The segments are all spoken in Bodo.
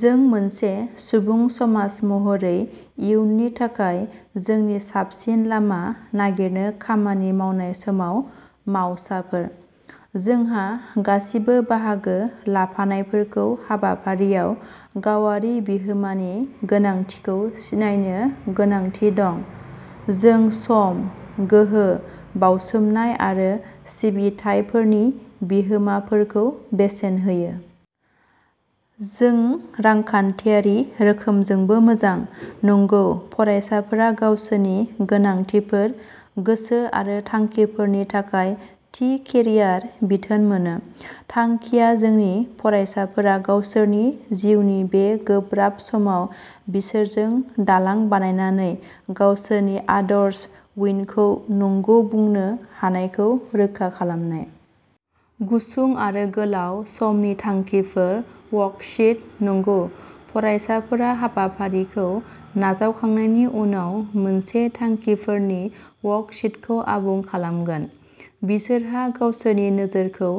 जों मोनसे सुबुं समाज महरै इयुननि थाखाय जोंनि साबसिन लामा नागिरनो खामानि मावनाय समाव मावसाफोर। जोंहा गासिबो बाहागो लाफानायफोरखौ हाबाफारियाव गावारि बिहोमानि गोनांथिखौ सिनायनो गोनांथि दं। जों सम, गोहो, बाउसोमनाय आरो सिबिथाइफोरनि बिहोमाफोरखौ बेसेन होयो। जों रांखान्थियारि रोखोमजोंबो मोजां। नंगौ फरायसाफोरा गावसोरनि गोनांथिफोर, गोसो आरो थांखिफोरनि थाखाय थि केरियार बिथोन मोनो। थांखिया जोंनि फरायसाफोरा गावसोरनि जिउनि बे गोब्राब समाव बिसोरजों दालां बानायनानै गावसोरनि आदर्श युनखौ नंगौ बुंनो हानायखौ रोखा खालामनाय। गुसुं आरो गोलाव समनि थांखिफोर वर्कशीट नंगौ फरायसाफोरा हाबाफारिखौ नाजावखांनायनि उनाव मोनसे थांखिफोरनि वर्कशीटखौ आबुं खालामगोन। बिसोरहा गावसोरनि नोजोरखौ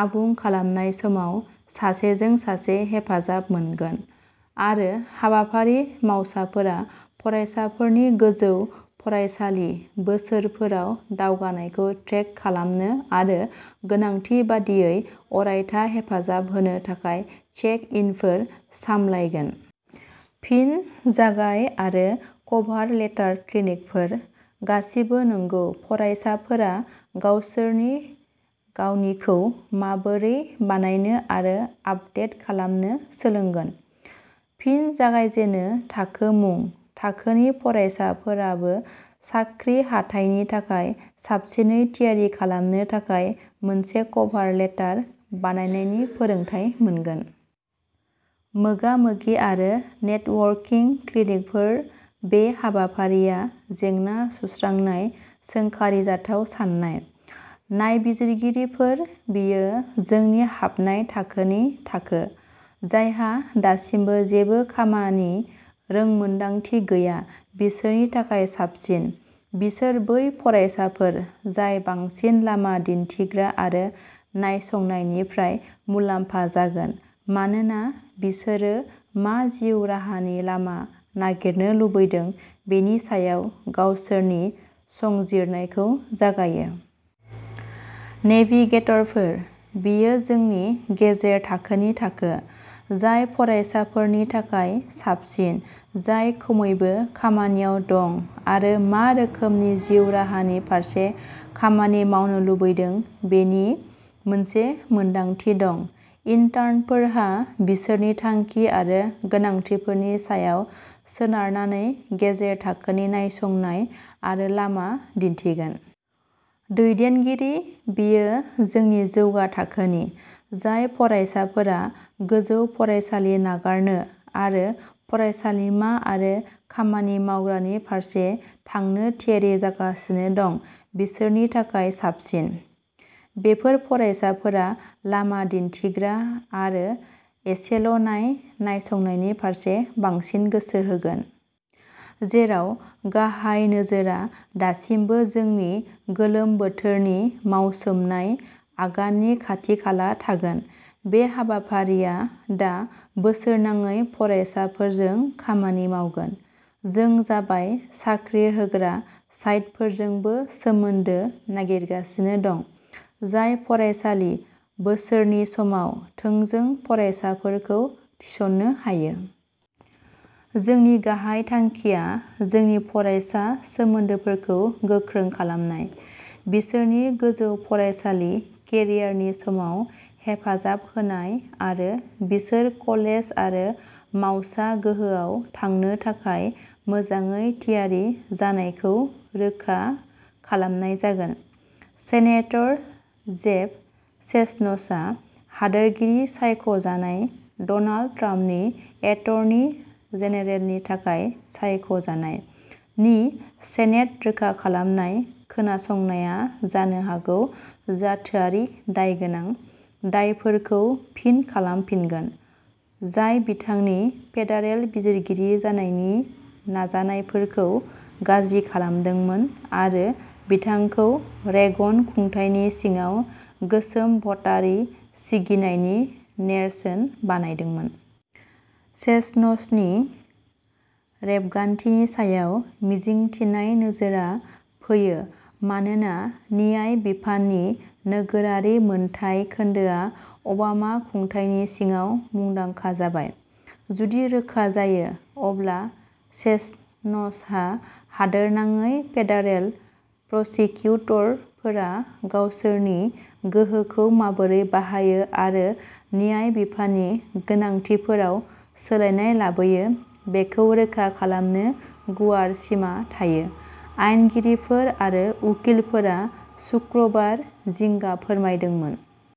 आबुं खालामनाय समाव सासेजों सासे हेफाजाब मोनगोन, आरो हाबाफारि मावसाफोरा फरायसाफोरनि गोजौ फरायसालि बोसोरफोराव दावगानायखौ ट्रेक खालामनो आरो गोनांथि बायदियै अरायथा हेफाजाब होनो थाखाय चेक इनफोर सामलायगोन। फिन जागाय आरो कभार लेटार क्लिनिकफोर गासिबो नंगौ फरायसाफोरा गावसोरनि गावनिखौ माबोरै बानायनो आरो आपदेट खालामनो सोलोंगोन। फिन जागायजेनो थाखो मुं थाखोनि फरायसाफोराबो साख्रि हाथाइनि थाखाय साबसिनै थियारि खालामनो थाखाय मोनसे कभार लेटर बानायनायनि फोरोंथाय मोनगोन। मोगा-मोगि आरो नेटवर्किं क्लिनिकफोर बे हाबाफारिया जेंना सुस्रांनाय सोंखारिजाथाव साननाय। नायबिजिरगिरिफोर बेयो जोंनि हाबनाय थाखोनि थाखो, जायहा दासिमबो जेबो खामानि रोंमोन्दांथि गैया बिसोरनि थाखाय साबसिन। बिसोर बै फरायसाफोर जाय बांसिन लामा दिन्थिग्रा आरो नायसंनायनिफ्राय मुलाम्फा जागोन मानोना बिसोरो मा जिउ राहानि लामा नागिरनो लुबैदों बेनि सायाव गावसोरनि संजिरनायखौ जागायो। नेभिगेटरफोर बेयो जोंनि गेजेर थाखोनि थाखो, जाय फरायसाफोरनि थाखाय साबसिन जाय खमैबो खामानियाव दं आरो मा रोखोमनि जिउ राहानि फारसे खामानि मावनो लुबैदों बेनि मोनसे मोनदांथि दं। इन्टार्नफोरहा बिसोरनि थांखि आरो गोनांथिफोरनि सायाव सोनारनानै गेजेर थाखोनि नायसंनाय आरो लामा दिन्थिगोन। दैदेनगिरि बेयो जोंनि जौगा थाखोनि, जाय फरायसाफोरा गोजौ फरायसालि नागारनो आरो फरायसालिमा आरो खामानि मावग्रानि फारसे थांनो थियारि जागासिनो दं बिसोरनि थाखाय साबसिन। बेफोर फरायसाफोरा लामा दिन्थिग्रा आरो एसेल'नाय नायसंनायनि फारसे बांसिन गोसो होगोन। जेराव गाहाय नोजोरआ दासिमबो जोंनि गोलोम बोथोरनि मावसोमनाय आगाननि खाथि खाला थागोन, बे हाबाफारिया दा बोसोरनाङै फरायसाफोरजों खामानि मावगोन। जों जाबाय साख्रि होग्रा साइटफोरजोंबो सोमोन्दो नागिरगासिनो दं, जाय फरायसालि बोसोरनि समाव थोंजों फरायसाफोरखौ थिसननो हायो। जोंनि गाहाय थांखिया जोंनि फरायसा सोमोन्दोफोरखौ गोख्रों खालामनाय, बिसोरनि गोजौ फरायसालि केरियारनि समाव हेफाजाब होनाय आरो बिसोर कलेज आरो मावसा गोहोआव थांनो थाखाय मोजाङै थियारि जानायखौ रोखा खालामनाय जागोन। सेनेटर जेफ सेसन्स, हादोरगिरि-सायख' जानाय डनाल्ड ट्राम्पनि एटर्नी जेनेरेलनि थाखाय सायख' जानाय, नि सेनेट रोखा खालामनाय खोनासंनाया जानो हागौ जाथोआरि दायगोनां दायफोरखौ फिन खालामफिनगोन, जाय बिथांनि फेडारेल बिजिरगिरि जानायनि नाजानायफोरखौ गाज्रि खालामदोंमोन आरो बिथांखौ रेगन खुंथायनि सिङाव गोसोम भटारि सिगिनायनि नेरसोन बानायदोंमोन। सेसन्सनि रेबगान्थिनि सायाव मिजिंथिनाय नोजोरआ फैयो मानोना न्याय बिफाननि नोगोरारि मोनथाय खोन्दोआ अबामा खुंथायनि सिङाव मुंदांखा जाबाय। जुदि रोखा जायो, अब्ला सेसन्सहा हादोरनाङै फेडारेल प्रसिकिउटरफोरा गावसोरनि गोहोखौ माबोरै बाहायो आरो न्याय बिफाननि गोनांथिफोराव सोलायनाय लाबोयो बेखौ रोखा खालामनो गुवार सिमा थायो। आयेनगिरिफोर आरो उकिलफोरा सुक्रुबार जिंगा फोरमायदोंमोन।